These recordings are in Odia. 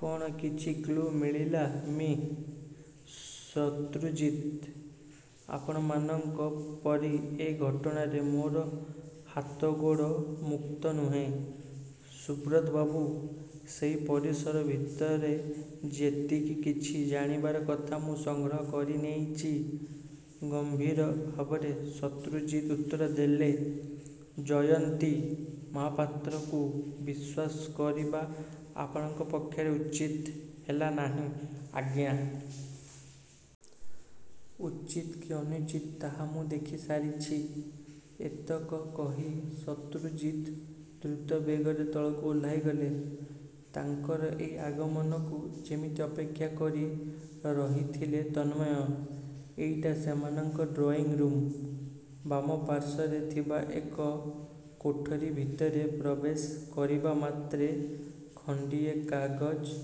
'କ'ଣ କିଛି କ୍ଲୁ ମିଳିଲା ମି: ଶତ୍ରୁଜିତ! ' 'ଆପଣମାନଙ୍କ ପରି ଏ ଘଟଣାରେ ମୋର ହାତଗୋଡ଼ ମୁକ୍ତ ନୁହେଁ, ସୁବ୍ରତବାବୁ! ସେଇ ପରିସର ଭିତରେ ଯେତିକି କିଛି ଜାଣିବାର କଥା ମୁଁ ସଂଗ୍ରହ କରିନେଇଛି। ' ଗମ୍ଭୀର ଭାବରେ ଶତ୍ରୁଜିତ ଉତ୍ତର ଦେଲେ। 'ଜୟନ୍ତୀ ମହାପାତ୍ରକୁ ବିଶ୍ୱାସ କରିବା ଆପଣଙ୍କ ପକ୍ଷରେ ଉଚିତ ହେଲା ନାହିଁ, ଆଜ୍ଞା! ' 'ଉଚିତ କି ଅନୁଚିତ ତାହା ମୁଁ ଦେଖିସାରିଛି। ' ଏତକ କହି ଶତ୍ରୁଜିତ ଦ୍ରୁତବେଗରେ ତଳକୁ ଓହ୍ଲାଇଗଲେ। ତାଙ୍କର ଏଇ ଆଗମନକୁ ଯେମିତି ଅପେକ୍ଷା କରି ରହିଥିଲେ ତନ୍ମୟ। 'ଏଇଟା ସେମାନଙ୍କର ଡ୍ରଇଂ ରୁମ୍। ' ବାମପାର୍ଶ୍ୱରେ ଥିବା ଏକ କୋଠରି ଭିତରେ ପ୍ରବେଶ କରିବା ମାତ୍ରେ ଖଣ୍ଡିଏ କାଗଜ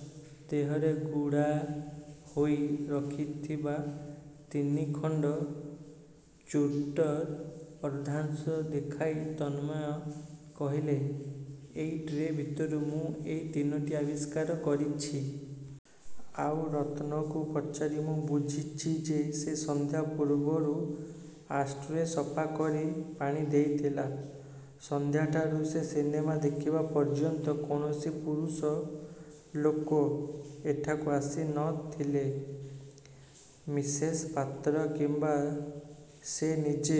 ଦେହରେ ଗୁଡ଼ା ହୋଇ ରହିଥିବା ତିନିଖଣ୍ଡ ଚୁରଟର ଅର୍ଦ୍ଧାଂଶ ଦେଖାଇ ତନ୍ମୟ କହିଲେ, 'ଏଇ ଟ୍ରେ ଭିତରୁ ମୁଁ ଏଇ ତିନୋଟି ଆବିଷ୍କାର କରିଛି। ଆଉ ରତନକୁ ପଚାରି ମୁଁ ବୁଝିଚି ଯେ ସେ ସନ୍ଧ୍ୟା ପୂର୍ବରୁ ଆସଟ୍ରେ ସଫା କରି ପାଣି ଦେଇଥିଲା। ସନ୍ଧ୍ୟାଠାରୁ ସେ ସିନେମା ଦେଖିଯିବା ପର୍ଯ୍ୟନ୍ତ କୌଣସି ପୁରୁଷ ଲୋକ ଏଠାକୁ ଆସି ନ ଥିଲେ। ମିସେସ୍ ପାତ୍ର କିମ୍ବା ସେ ନିଜେ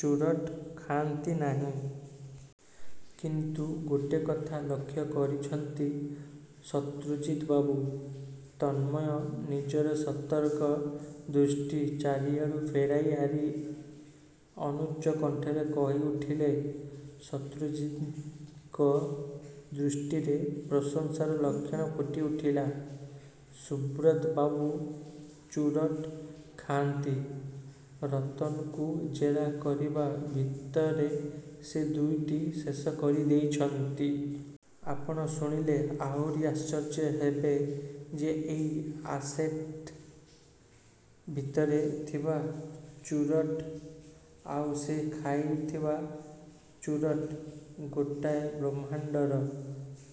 ଚୁରଟ୍ ଖାଆନ୍ତି ନାହିଁ। 'କିନ୍ତୁ ଗୋଟେ କଥା ଲକ୍ଷ୍ୟ କରିଛନ୍ତି ଶତ୍ରୁଜିତ ବାବୁ', ତନ୍ମୟ ନିଜର ସତର୍କ ଦୃଷ୍ଟି ଚାରିଆଡ଼ୁ ଫେରାଇ ଆରି ଅନୁଚ୍ଚ କଣ୍ଠରେ କହି ଉଠିଲେ। ଶତ୍ରୁଜିତଙ୍କ ଦୃଷ୍ଟିରେ ପ୍ରଶଂସାର ଲକ୍ଷଣ ଫୁଟି ଉଠିଳା। 'ସୁବ୍ରତ ବାବୁ ଚୁରଟ ଖାଆନ୍ତି। ରତନକୁ ଜେରା କରିବା ଭିତରେ ସେ ଦୁଇଟି ଶେଷ କରିଦେଇଛନ୍ତି। ଆପଣ ଶୁଣିଲେ ଆହୁରି ଆଶ୍ଚର୍ଯ୍ୟ ହେବେ ଯେ ଏଇ ଆସଟ୍ରେ ଭିତରେ ଥିବା ଚୁରଟ୍ ଆଉ ସେ ଖାଉଥିବା ଚୁରଟ୍ ଗୋଟାଏ ବ୍ରାଣ୍ଡର'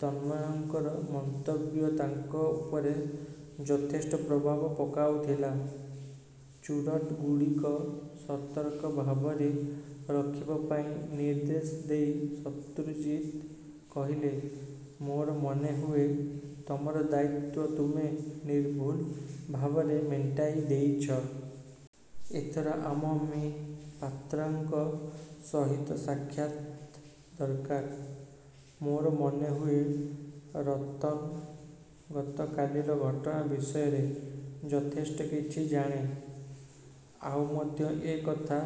ତନ୍ମୟଙ୍କର ମନ୍ତବ୍ୟ ତାଙ୍କ ଉପରେ ଯଥେଷ୍ଟ ପ୍ରଭାବ ପକାଉଥିଲା। ଚୁରଟଗୁଡ଼ିକ ସତର୍କ ଭାବରେ ରଖିବାପାଇଁ ନିର୍ଦ୍ଦେଶ ଦେଇ ଶତ୍ରୁଜିତ କହିଲେ, 'ମୋର ମନେହୁଏ ତମର ଦାୟିତ୍ୱ ତୁମେ ନିର୍ଭୁଲ ଭାବରେ ମେଣ୍ଟାଇଦେଇଛ। ଏଥର ଆମର ମି: ପାତ୍ରଙ୍କ ସହିତ ସାକ୍ଷାତ ଦରକାର। ' 'ମୋର ମନେ ହୁଏ ରତନ ଗତ କାଲିର ଘଟଣା ବିଷୟରେ ଯଥେଷ୍ଟ କିଛି ଜାଣେ। ଆଉ ମଧ୍ୟ ଏ କଥା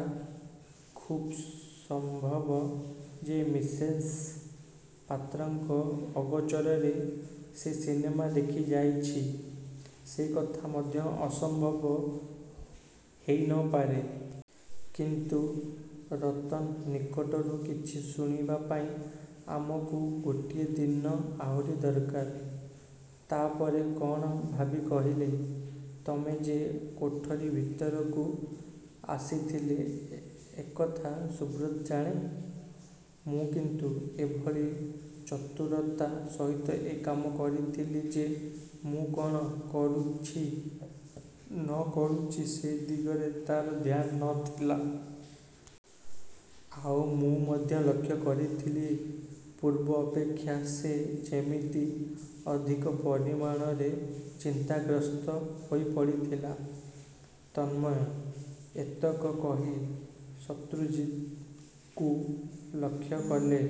ଖୁବ୍ସମ୍ଭବ ଯେ ମିସେସ୍ ପାତ୍ରଙ୍କ ଅଗୋଚରରେ ସେ ସିନେମା ଦେଖି ଯାଇଛି-। ' 'ସେ କଥା ମଧ୍ୟ ଅସମ୍ଭବ ହେଇ ନ ପାରେ। କିନ୍ତୁ ରତନ ନିକଟରୁ କିଛି ଶୁଣିବାପାଇଁ ଆମକୁ ଗୋଟିଏ ଦିନ ଆହୁରି ଦରକାର। ' ତା'ପରେ କ'ଣ ଭାବି କହିଲେ, 'ତମେ ଯେ କୋଠରି ଭିତରକୁ ଆସିଥିଲ ଏକଥା ସୁବ୍ରତ ଜାଣେ? ' 'ମୁଁ କିନ୍ତୁ ଏଭଳି ଚତୁରତା ସହିତ ଏ କାମ କରିଥିଲି ଯେ ମୁଁ କ'ଣ କରୁଛି ନ କରୁଛି ସେ ଦିଗରେ ତା'ର ଧ୍ୟାନ ନ ଥିଲା। ଆଉ ମୁଁ ମଧ୍ୟ ଲକ୍ଷ୍ୟ କରିଥିଲି ପୂର୍ବ ଅପେକ୍ଷା ସେ ଯେମିତି ଅଧିକ ପରିମାଣରେ ଚିନ୍ତାଗ୍ରସ୍ତ ହେଇପଡ଼ିଥିଲା। ' ତନ୍ମୟ ଏତକ କହି ଶତ୍ରୁଜିତଙ୍କୁ ଲକ୍ଷ୍ୟ କଲେ।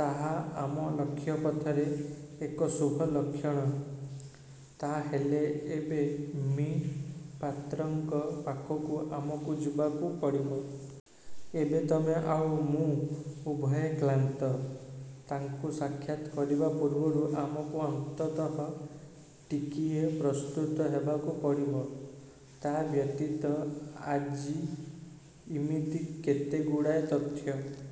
'ତାହା ଆମ ଲକ୍ଷ୍ୟପଥରେ ଏକ ଶୁଭ ଲକ୍ଷଣ। ' 'ତା'ହେଲେ ଏବେ ମି: ପାତ୍ରଙ୍କ ପାଖକୁ ଆମକୁ ଯିବାକୁ ପଡ଼ିବ? ' 'ଏବେ ତମେ ଆଉ ମୁଁ ଉଭୟେ କ୍ଲାନ୍ତ। ତାଙ୍କୁ ସାକ୍ଷାତ କରିବା ପୂର୍ବରୁ ଆମକୁ ଅନ୍ତତଃ ଟିକିଏ ପ୍ରସ୍ତୁତ ହେବାକୁ ପଡ଼ିବ। ତା ବ୍ୟତୀତ ଆଜି ଇମିତି କେତେ ଗୁଡ଼ାଏ ତଥ୍ୟ